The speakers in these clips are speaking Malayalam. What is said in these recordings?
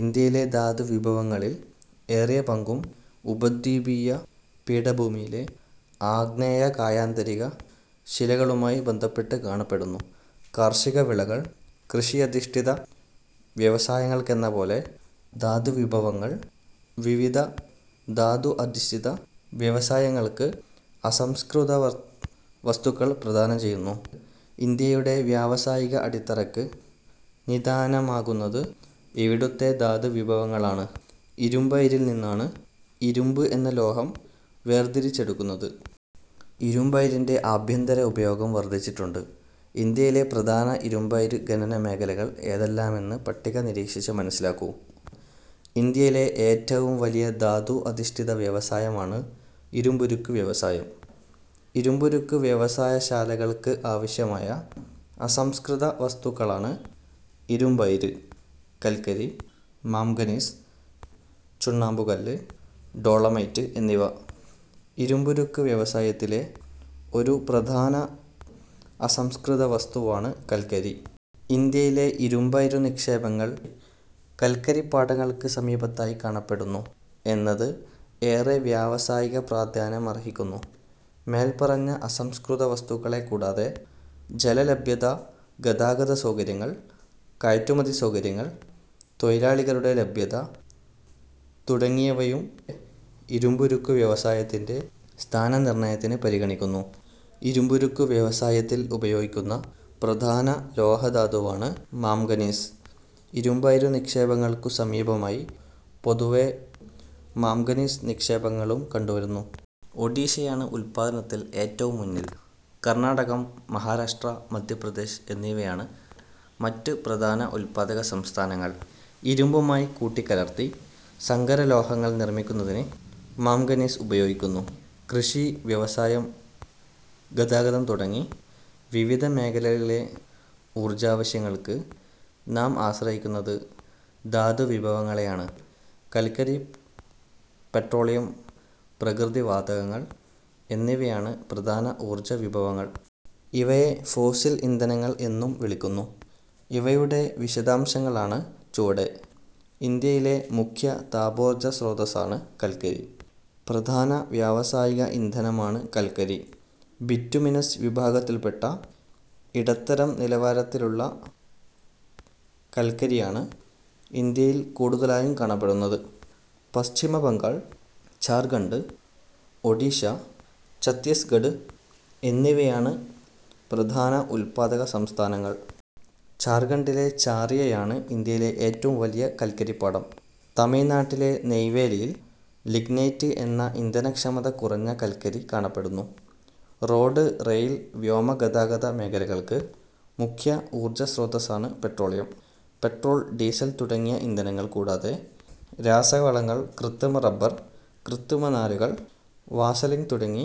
ഇന്ത്യയിലെ ധാതുവിഭവങ്ങളിൽ ഏറിയ പങ്കും ഉപദ്വീപീയ പീഠഭൂമിയിലെ ആഗ്നേയ-കായാന്തരിത ശിലകളുമായി ബന്ധപ്പെട്ട് കാണപ്പെടുന്നു. കാർഷികവിളകൾ കൃഷിയധിഷ്ഠിത വ്യവസായങ്ങൾക്കെന്നപോലെ ധാതുവിഭവങ്ങൾ വിവിധ ധാതു അധിഷ്ഠിത വ്യവസായങ്ങൾക്ക് അസംസ്കൃത വസ്തുക്കൾ പ്രദാനം ചെയ്യുന്നു. ഇന്ത്യയുടെ വ്യാവസായിക അടിത്തറയ്ക്ക് നിദാനമാകുന്നത് ഇവിടത്തെ ധാതുവിഭവങ്ങളാണ്. ഇരുമ്പയിരിൽ നിന്നാണ് ഇരുമ്പ് എന്ന ലോഹം വേർതിരിച്ചെടുക്കുന്നത്. ഇരുമ്പയിരിന്റെ ആഭ്യന്തര ഉപയോഗം വർധിച്ചിട്ടുണ്ട്. ഇന്ത്യയിലെ പ്രധാന ഇരുമ്പയിര് ഖനനമേഖലകൾ ഏതെല്ലാമെന്ന് പട്ടിക നിരീക്ഷിച്ച് മനസ്സിലാക്കൂ. ഇന്ത്യയിലെ ഏറ്റവും വലിയ ധാതു അധിഷ്ഠിത വ്യവസായമാണ് ഇരുമ്പുരുക്ക് വ്യവസായം. ഇരുമ്പുരുക്ക് വ്യവസായശാലകൾക്ക് ആവശ്യമായ അസംസ്കൃത വസ്തുക്കളാണ് ഇരുമ്പയിര്, കൽക്കരി, മാംഗനീസ്, ചുണ്ണാമ്പുകല്ല്, ഡോളമൈറ്റ് എന്നിവ. ഇരുമ്പുരുക്കു വ്യവസായത്തിലെ ഒരു പ്രധാന അസംസ്കൃതവസ്തുവാണ് കൽക്കരി. ഇന്ത്യയിലെ ഇരുമ്പയിരു നിക്ഷേപങ്ങൾ കൽക്കരിപ്പാടങ്ങൾക്ക് സമീപത്തായി കാണപ്പെടുന്നു എന്നത് ഏറെ വ്യാവസായിക പ്രാധാന്യ മർഹിക്കുന്നു. മേൽപ്പറഞ്ഞ അസംസ്കൃതവസ്തുക്കളെ കൂടാതെ ജലലഭ്യത, ഗതാഗത സൗകര്യങ്ങൾ, കയറ്റുമതി സൗകര്യങ്ങൾ, തൊഴിലാളികളുടെ ലഭ്യത തുടങ്ങിയവയും ഇരുമ്പുരുക്കുവ്യവസായത്തിന്റെ സ്ഥാനനിർണയത്തിന് പരിഗണിക്കുന്നു. ഇരുമ്പുരുക്കു വ്യവസായത്തിൽ ഉപയോഗിക്കുന്ന പ്രധാന ലോഹധാതുവാണ് മാംഗനീസ്. ഇരുമ്പയിരു നിക്ഷേപങ്ങൾക്കു സമീപമായി പൊതുവെ മാംഗനീസ് നിക്ഷേപങ്ങളും കണ്ടുവരുന്നു. ഒഡിഷയാണ് ഉൽപ്പാദനത്തിൽ ഏറ്റവും മുന്നിൽ. കർണാടകം, മഹാരാഷ്ട്ര, മധ്യപ്രദേശ് എന്നിവയാണ് മറ്റ് പ്രധാന ഉൽപ്പാദക സംസ്ഥാനങ്ങൾ. ഇരുമ്പുമായി കൂട്ടിക്കലർത്തി സങ്കരലോഹങ്ങൾ നിർമിക്കുന്നതിന് മാംഗനീസ് ഉപയോഗിക്കുന്നു. കൃഷി, വ്യവസായം, ഗതാഗതം തുടങ്ങി വിവിധ മേഖലകളിലെ ഊർജാവശ്യങ്ങൾക്ക് നാം ആശ്രയിക്കുന്നത് ധാതുവിഭവങ്ങളെയാണ്. കൽക്കരി, പെട്രോളിയം, പ്രകൃതിവാതകങ്ങൾ എന്നിവയാണ് പ്രധാന ഊർജ വിഭവങ്ങൾ. ഇവയെ ഫോസിൽ ഇന്ധനങ്ങൾ എന്നും വിളിക്കുന്നു. ഇവയുടെ വിശദാംശങ്ങളാണ് ചുവടെ. ഇന്ത്യയിലെ മുഖ്യ താപോർജസ്രോതസ്സാണ് കൽക്കരി. പ്രധാന വ്യാവസായിക ഇന്ധനമാണ് കൽക്കരി, ബിറ്റുമിനസ് വിഭാഗത്തിൽപ്പെട്ട ഇടത്തരം നിലവാരത്തിലുള്ള കൽക്കരിയാണ് ഇന്ത്യയിൽ കൂടുതലായും കാണപ്പെടുന്നത്. പശ്ചിമ ബംഗാൾ, ഝാർഖണ്ഡ്, ഒഡിഷ, ഛത്തീസ്ഗഡ് എന്നിവയാണ് പ്രധാന ഉൽപ്പാദക സംസ്ഥാനങ്ങൾ. ഝാർഖണ്ഡിലെ ഝാറിയയാണ് ഇന്ത്യയിലെ ഏറ്റവും വലിയ കൽക്കരിപ്പാടം. തമിഴ്നാട്ടിലെ നെയ് വേലിയിൽ ലിഗ്നൈറ്റ് എന്ന ഇന്ധനക്ഷമത കുറഞ്ഞ കൽക്കരി കാണപ്പെടുന്നു. റോഡ്-റെയിൽ വ്യോമ ഗതാഗത മേഖലകൾക്ക് മുഖ്യ ഊർജസ്രോതസ്സാണ് പെട്രോളിയം. പെട്രോൾ, ഡീസൽ തുടങ്ങിയ ഇന്ധനങ്ങൾ കൂടാതെ രാസവളങ്ങൾ, കൃത്രിമ റബർ, കൃത്രിമനാരുകൾ, വാസലിൻ തുടങ്ങി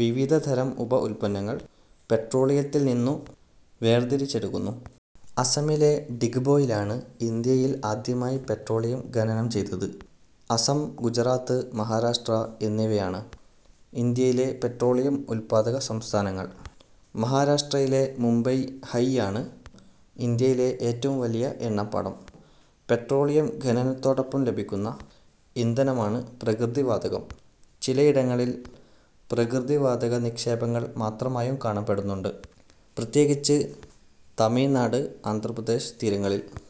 വിവിധ തരം ഉപ ഉൽപ്പന്നങ്ങൾ പെട്രോളിയത്തിൽനിന്നു വേർതിരിച്ചെടുക്കുന്നു. അസമിലെ ഡിഗ്ബോയിലാണ് ഇന്ത്യയിൽ ആദ്യമായി പെട്രോളിയം ഖനനം ചെയ്തത്. അസം, ഗുജറാത്ത്, മഹാരാഷ്ട്ര എന്നിവയാണ്. ഇന്ത്യയിലെ പെട്രോളിയം ഉൽപാദക സംസ്ഥാനങ്ങൾ. മഹാരാഷ്ട്രയിലെ മുംബൈ-ഹൈയാണ് ഇന്ത്യയിലെ ഏറ്റവും വലിയ എണ്ണപ്പാടം. പെട്രോളിയം ഖനനത്തോടൊപ്പം ലഭിക്കുന്ന ഇന്ധനമാണ് പ്രകൃതിവാതകം. ചിലയിടങ്ങങ്ങളിൽ പ്രകൃതിവാതക നിക്ഷേപങ്ങൾ മാത്രമായും കാണപ്പെടുന്നുണ്ട്, പ്രത്യേകിച്ച് തമിഴ്നാട്, ആന്ധ്രാപ്രദേശ് തീരങ്ങളിൽ.